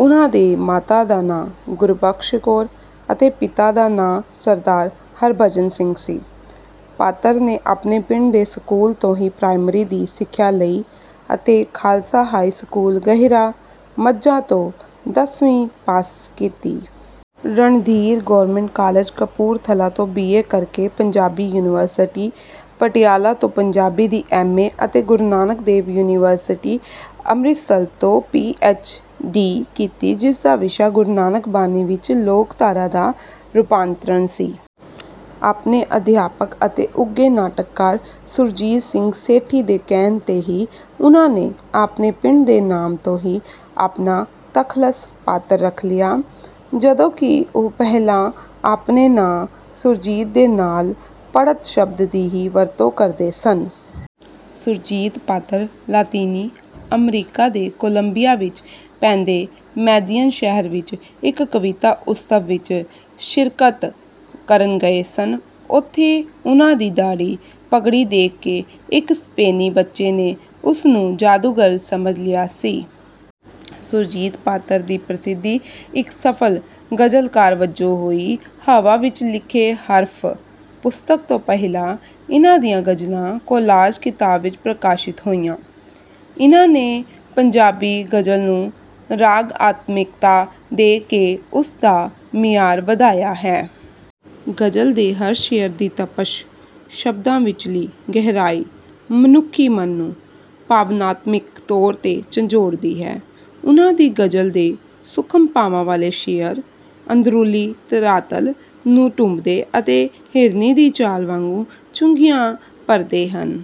ਉਨ੍ਹਾਂ ਦੇ ਮਾਤਾ ਦਾ ਨਾਂ ਗੁਰਬਖਸ਼ ਕੌਰ ਅਤੇ ਪਿਤਾ ਦਾ ਨਾਂ ਸ. ਹਰਭਜਨ ਸਿੰਘ ਸੀ। ਪਾਤਰ ਨੇ ਆਪਣੇ ਪਿੰਡ ਦੇ ਸਕੂਲ ਤੋਂ ਹੀ ਪ੍ਰਾਇਮਰੀ ਦੀ ਸਿੱਖਿਆ ਲਈ ਅਤੇ ਖਾਲਸਾ ਹਾਈ ਸਕੂਲ ਖਹਿਰਾ ਮਝਾ ਤੋਂ ਦਸਵੀਂ ਪਾਸ ਕੀਤੀ। ਰਣਧੀਰ ਗੌਰਮਿੰਟ ਕਾਲਜ ਕਪੂਰਥਲਾ ਤੋਂ ਬੀ. ਏ ਕਰਕੇ ਪੰਜਾਬੀ ਯੂਨੀਵਰਸਿਟੀ, ਪਟਿਆਲਾ ਤੋਂ ਪੰਜਾਬੀ ਦੀ ਐਮ. ਏ. ਅਤੇ ਗੁਰੂ ਨਾਨਕ ਦੇਵ ਯੂਨੀਵਰਿਸਟੀ, ਅੰਮ੍ਰਿਤਸਰ ਤੋਂ ਪੀ. ਐਚ. ਡੀ ਕੀਤੀ। ਜਿਸਦਾ ਵਿਸ਼ਾ "ਗੁਰੂ ਨਾਨਕ ਬਾਣੀ ਵਿੱਚ ਲੋਕਧਾਰਾ ਦਾ ਰੂਪਾਂਤਰਣ" ਸੀ। ਆਪਣੇ ਅਧਿਆਪਕ ਅਤੇ ਉੱਘੇ ਨਾਟਕਕਾਰ ਸੁਰਜੀਤ ਸਿੰਘ ਸੇਠੀ ਦੇ ਕਹਿਣ 'ਤੇ ਹੀ ਉਹਨਾਂ ਨੇ ਆਪਣੇ ਪਿੰਡ ਦੇ ਨਾਮ ਤੋਂ ਹੀ ਆਪਣਾ ਤਖੱਲਸ 'ਪਾਤਰ' ਰੱਖ ਲਿਆ, ਜਦੋਂ ਕਿ ਉਹ ਪਹਿਲਾਂ ਆਪਣੇ ਨਾਂ ਸੁਰਜੀਤ ਦੇ ਨਾਲ ਪੱਤੜ ਸ਼ਬਦ ਦੀ ਹੀ ਵਰਤੋਂ ਕਰਦੇ ਸਨ। ਸੁਰਜੀਤ ਪਾਤਰ ਲਾਤੀਨੀ ਅਮਰੀਕਾ ਦੇ ਕੋਲੰਬੀਆ ਵਿੱਚ ਪੈਂਦੇ ਮੈਦਿਯਨ ਸ਼ਹਿਰ ਵਿੱਚ ਇੱਕ ਕਵਿਤਾ ਉਤਸਵ ਵਿੱਚ ਸ਼ਿਰਕਤ ਕਰਨ ਗਏ ਸਨ। ਓਥੇ ਉਨ੍ਹਾਂ ਦੀ ਦਾੜ੍ਹੀ, ਪਗੜੀ ਦੇਖ ਕੇ ਇੱਕ ਸਪੇਨੀ ਬੱਚੇ ਨੇ ਉਸ ਨੂੰ ਜਾਦੂਗਰ ਸਮਝ ਲਿਆ ਸੀ। ਸੁਰਜੀਤ ਪਾਤਰ ਦੀ ਪ੍ਰਸਿੱਧੀ ਇੱਕ ਸਫਲ ਗਜ਼ਲਕਾਰ ਵਜੋਂ ਹੋਈ। 'ਹਵਾ ਵਿੱਚ ਲਿਖੇ ਹਰਫ਼' ਪੁਸਤਕ ਤੋਂ ਪਹਿਲਾਂ ਇਨ੍ਹਾਂ ਦੀਆਂ ਗਜ਼ਲਾਂ 'ਕੋਲਾਜ਼' ਕਿਤਾਬ ਵਿੱਚ ਪ੍ਰਕਾਸ਼ਿਤ ਹੋਈਆਂ। ਇਨ੍ਹਾਂ ਨੇ ਪੰਜਾਬੀ ਗ਼ਜ਼ਲ ਨੂੰ ਰਾਗਆਤਮਿਕਤਾ ਦੇ ਕੇ ਉਸ ਦਾ ਮਿਆਰ ਵਧਾਇਆ ਹੈ। ਗ਼ਜ਼ਲ ਦੇ ਹਰ ਸ਼ੇਅਰ ਦੀ ਤਪਸ਼, ਸ਼ਬਦਾਂ ਵਿਚਲੀ ਗਹਿਰਾਈ ਮੁਨੱਖੀ ਮਨ ਨੂੰ ਭਾਵਨਾਤਮਿਕ ਤੌਰ ਤੇ ਝੰਜੋੜਦੀ ਹੈ। ਉਨ੍ਹਾਂ ਦੀ ਗ਼ਜ਼ਲ ਦੇ ਸੂਖਮ ਭਾਵਾਂ ਵਾਲੇ ਸ਼ੇਅਰ, ਅੰਦਰੂਨੀ ਧਰਾਤਲ ਨੂੰ ਟੁੰਬਦੇ ਅਤੇ ਹਿਰਨੀ ਦੀ ਚਾਲ ਵਾਂਗੂ ਚੁੰਗੀਆਂ ਭਰਦੇ ਹਨ।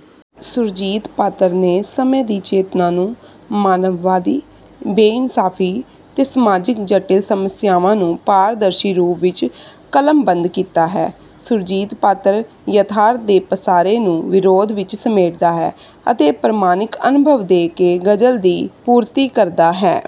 ਸੁਰਜੀਤ ਪਾਤਰ ਨੇ ਸਮੇਂ ਦੀ ਚੇਤਨਾ ਨੂੰ ਮਾਨਵਵਾਦੀ, ਬੇਇਨਸਾਫੀ ਤੇ ਸਮਾਜਿਕ ਜਟਿਲ ਸਮੱਸਿਆਵਾਂ ਨੂੰ ਪਾਰਦਰਸ਼ੀ ਰੂਪ ਵਿਚ ਕਲਮਬੰਦ ਕੀਤਾ ਹੈ। ਸੁਰਜੀਤ ਪਾਤਰ ਯਥਾਰਥ ਦੇ ਪਸਾਰੇ ਨੂੰ ਵਿਰੋਧ ਵਿਚ ਸਮੇਟਦਾ ਹੈ ਅਤੇ ਪ੍ਰਮਾਣਿਕ ਅਨੁਭਵ ਦੇ ਕੇ ਗ਼ਜ਼ਲ ਦੀ ਪੂਰਤੀ ਕਰਦਾ ਹੈ।